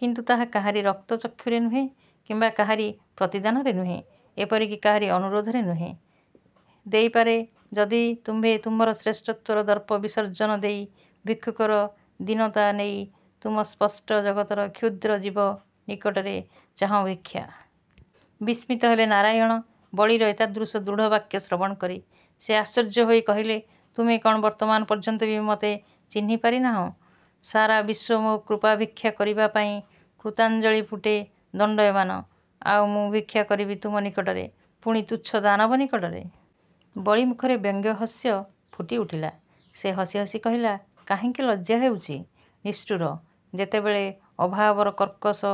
କିନ୍ତୁ ତାହା କାହାରି ରକ୍ତ ଚକ୍ଷୁରେ ନୁହେଁ କିମ୍ୱା କାହାରି ପ୍ରତିଦାନରେ ନୁହେଁ, ଏପରିକି କାହାରି ଅନୁରୋଧରେ ନୁହେଁ। ଦେଇପାରେ ଯଦି ତୁମ୍ଭେ ତୁମ୍ଭର ଶ୍ରେଷ୍ଠତ୍ୱର ଦର୍ପ ବିର୍ଷଜନ ଦେଇ, ଭିକ୍ଷୁକର ଦୀନତା ନେଇ ତୁମ ସୃଷ୍ଟ ଜଗତର କ୍ଷୁଦ୍ର ଜୀବ ନିକଟରେ ଚାହଁ ଭିକ୍ଷା। ବିସ୍ମିତ ହେଲେ ନାରାୟଣ ବଳୀର ଏତାଦୃଶ ଦୃଢ଼ ବାକ୍ୟ ଶ୍ରବଣକରି। ସେ ଆଶ୍ଚର୍ଯ୍ୟ ହୋଇ କହିଲେ ତୁମେ କଣ ବର୍ତ୍ତମାନ ପର୍ଯ୍ୟନ୍ତ ବି ମୋତେ ଚିହ୍ନପାରି ନାହିଁ? ସାରା ବିଶ୍ୱ ମୋ କୃପାଭିକ୍ଷା କରିବାପାଇଁ କୃତାଞ୍ଜଳୀପୁଟେ ଦଣ୍ଡାୟମାନ। ଆଉ ମୁଁ ଭିକ୍ଷା କରିବି ତୁମ ନିକଟରେ–ପୁଣି ତୁଚ୍ଛ ଦାନବ ନିକଟରେ। ବଳୀ ମୁଖରେ ବ୍ୟଙ୍ଗ ହାସ୍ୟ ଫୁଟିଉଠିଲା। ସେ ହସି ହସି କହିଲା, କାହିଁକି, ଲଜ୍ଜା ହେଉଛି? ନିଷ୍ଠୁର! ଯେତେବେଳେ ଅଭାବର କର୍କଶ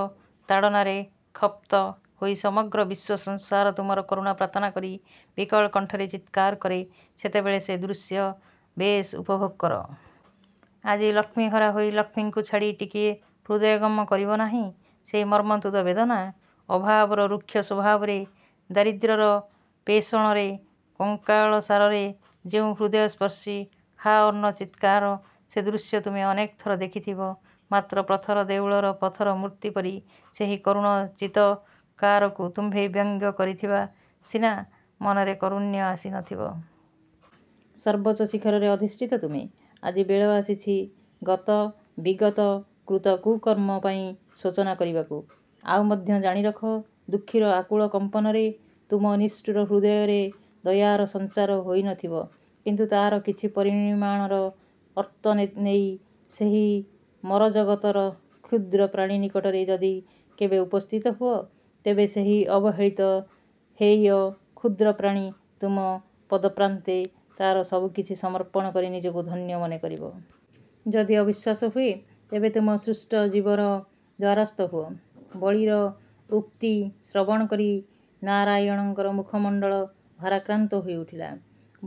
ତାଡ଼ନାରେ କ୍ଷପ୍ତ ହୋଇ ସମଗ୍ର ବିଶ୍ୱ ସଂସାର ତୁମର କରୁଣା ପ୍ରାର୍ଥନାକରି ବିକଳ କଣ୍ଠରେ ଚିତ୍କାର କରେ, ସେତେବେଳେ ସେ ଦୃଶ୍ୟ ବେଶ ଉପଭୋଗ କର। ଆଜି ଲକ୍ଷ୍ମୀହରା ହୋଇ, ଲକ୍ଷ୍ମୀଙ୍କୁ ଛାଡ଼ି ଟିକିଏ ହୃଦୟଙ୍ଗମ କରିବ ନାହିଁ ସେହି ମର୍ମନ୍ତୁଦ ବେଦନା। ଅଭାବର ଋକ୍ଷ ସ୍ୱଭାବରେ, ଦାରିଦ୍ର୍ୟର ପେଷଣରେ, କଙ୍କାଳସାରର ଯେଉଁ ହୃଦୟସ୍ପର୍ଶୀ ହା ଅନ୍ନ ଚିତକାର–ସେ ଦୃଶ୍ୟ ତୁମେ ଅନେକ ଥର ଦେଖିଥିବ। ମାତ୍ର ପଥର ଦେଉଳର ପଥର ମୂର୍ତ୍ତିପରି ସେହି କରୁଣ ଚିତକାରକୁ ତୁମ୍ଭେ ବ୍ୟଙ୍ଗ କରିଥିବା ସିନା, ମନରେ କାରୁଣ୍ୟ ଆସି ନଥିବ। ସର୍ବୋଚ୍ଚ ଶିଖରରେ ଅଧିଷ୍ଠିତ ତୁମେ, ଆଜି ବେଳ ଆସିଛି ଗତ ବିଗତ କୃତ କୁମର୍ମ ପାଇଁ ଶୋଚନା କରିବାକୁ। ଆଉ ମଧ୍ୟ ଜାଣିରଖ ଦୁଃଖୀର ଆକୁଳ କମ୍ପନରେ ତୁମ ନିଷ୍ଠୁର ହୃଦୟରେ ଦୟାର ସଞ୍ଚାର ହୋଇ ନଥିବ, କିନ୍ତୁ ତାର କିଛି ପରିମାଣର ଆର୍ତ୍ତନେଇ ସେହି ମରଜଗତର କ୍ଷୁଦ୍ର ପ୍ରାଣୀ ନିକଟରେ ଯଦି କେବେ ଉପସ୍ଥିତ ହୁଅ, ତେବେ ସେହି ଅବହେଳିତ ହେୟ କ୍ଷୁଦ୍ରପ୍ରାଣୀ ତୁମ ପଦପ୍ରାନ୍ତେ ତାର ସବୁ କିଛି ସମର୍ପଣ କରି ନିଜକୁ ଧନ୍ୟ ମନେ କରିବ। ଯଦି ଅବିଶ୍ୱାସ ହୁଏ ତେବେ ତୁମ ସୃଷ୍ଟ ଜୀବର ଦ୍ୱାରସ୍ଥ ହୁଅ। ବଳୀର ଉକ୍ତି ଶ୍ରବଣକରି ନାରାୟଣଙ୍କର ମୁଖମଣ୍ଡଳ ଭାରାକ୍ରାନ୍ତ ହୋଇ ଉଠିଲା।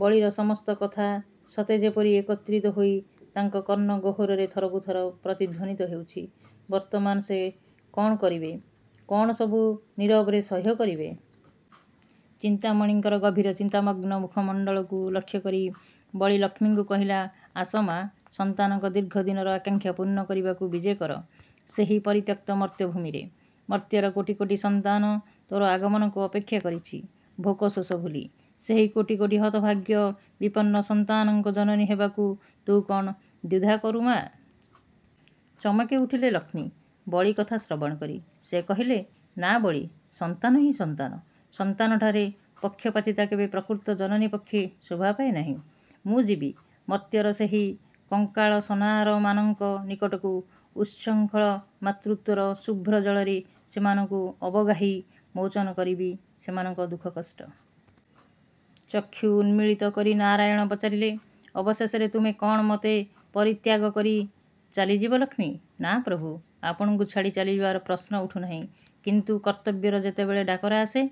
ବଳୀର ସମସ୍ତ କଥା ସତେ ଯେପରି ଏକତ୍ରୀତ ହୋଇ ତାଙ୍କ କର୍ଣ୍ଣ ଗହ୍ୱରରେ ଥରକୁ ଥର ପ୍ରତିଧ୍ୱନୀତ ହେଉଛି। ବର୍ତ୍ତମାନ ସେ କଣ କରିବେ–କଣ ସବୁ ନୀରବରେ ସହ୍ୟ କରିବେ? ଚିନ୍ତାମଣିଙ୍କର ଗଭୀର ଚିନ୍ତାମଗ୍ନ ମୁଖମଣ୍ଡଳକୁ ଲକ୍ଷକରି ବଳୀ ଲକ୍ଷ୍ମୀଙ୍କୁ କହିଲା, ଆସ ମା! ସନ୍ତାନଙ୍କ ଦୀର୍ଘଦିନର ଆକାଂକ୍ଷା ପୂର୍ଣ୍ଣ କରିବାକୁ ବିଜେକର ସେହି ପରିତ୍ୟକ୍ତ ମର୍ତ୍ତ୍ୟ ଭୂମିରେ-। ମର୍ତ୍ତ୍ୟର କୋଟି କୋଟି ସନ୍ତାନ ତୋର ଆଗମନକୁ ଅପେକ୍ଷା କରିଛି–ଭୋକ ଶୋଷ ଭୁଲି-। ସେହି କୋଟି କୋଟି ହତଭାଗ୍ୟ ବିପନ୍ନ ସନ୍ତାନଙ୍କ ଜନନୀ ହେବାକୁ ତୁ କଣ ଦ୍ୱୀଧା କରୁ ମା-? ଚମକି ଉଠିଲେ ଲକ୍ଷ୍ମୀ ବଳୀ କଥା ଶ୍ରବଣ କରି। ସେ କହିଲେ, ନା ବଳୀ ସନ୍ତାନହିଁ ସନ୍ତାନ। ସନ୍ତାନଠାରେ ପକ୍ଷପାତିତା କେବେ ପ୍ରକୃତ ଜନନୀ ପକ୍ଷେ ଶୋଭାପାଏ ନାହିଁ। ମୁଁ ଯିବି ମର୍ତ୍ତ୍ୟର ସେହି କଙ୍କାଳସନାରମାନଙ୍କ ନିକଟକୁ। ଉତ୍ସୃଙ୍ଖଳ ମାତୃତ୍ୱର ଶୁଭ୍ର ଜଳରେ ସେମାନଙ୍କୁ ଅବଗାହି, ମୋଚନ କରିବି ସେମାନଙ୍କ ଦୁଃଖ କଷ୍ଟ। ଚକ୍ଷୁ ଉନ୍ମିଳିତ କରି ନାରାୟଣ ପଚାରିଲେ, ଅବଶେଷରେ ତୁମେ କଣ ମୋତେ ପରିତ୍ୟାଗ କରି ଚାଲିଯିବ ଲକ୍ଷ୍ମୀ? ନା ପ୍ରଭୁ! ଆପଣଙ୍କୁ ଛାଡ଼ି ଚାଲିଯିବାର ପ୍ରଶ୍ନ ଉଠୁ ନାହିଁ–କିନ୍ତୁ କର୍ତ୍ତବ୍ୟର ଯେତେବେଳେ ଡାକରା ଆସେ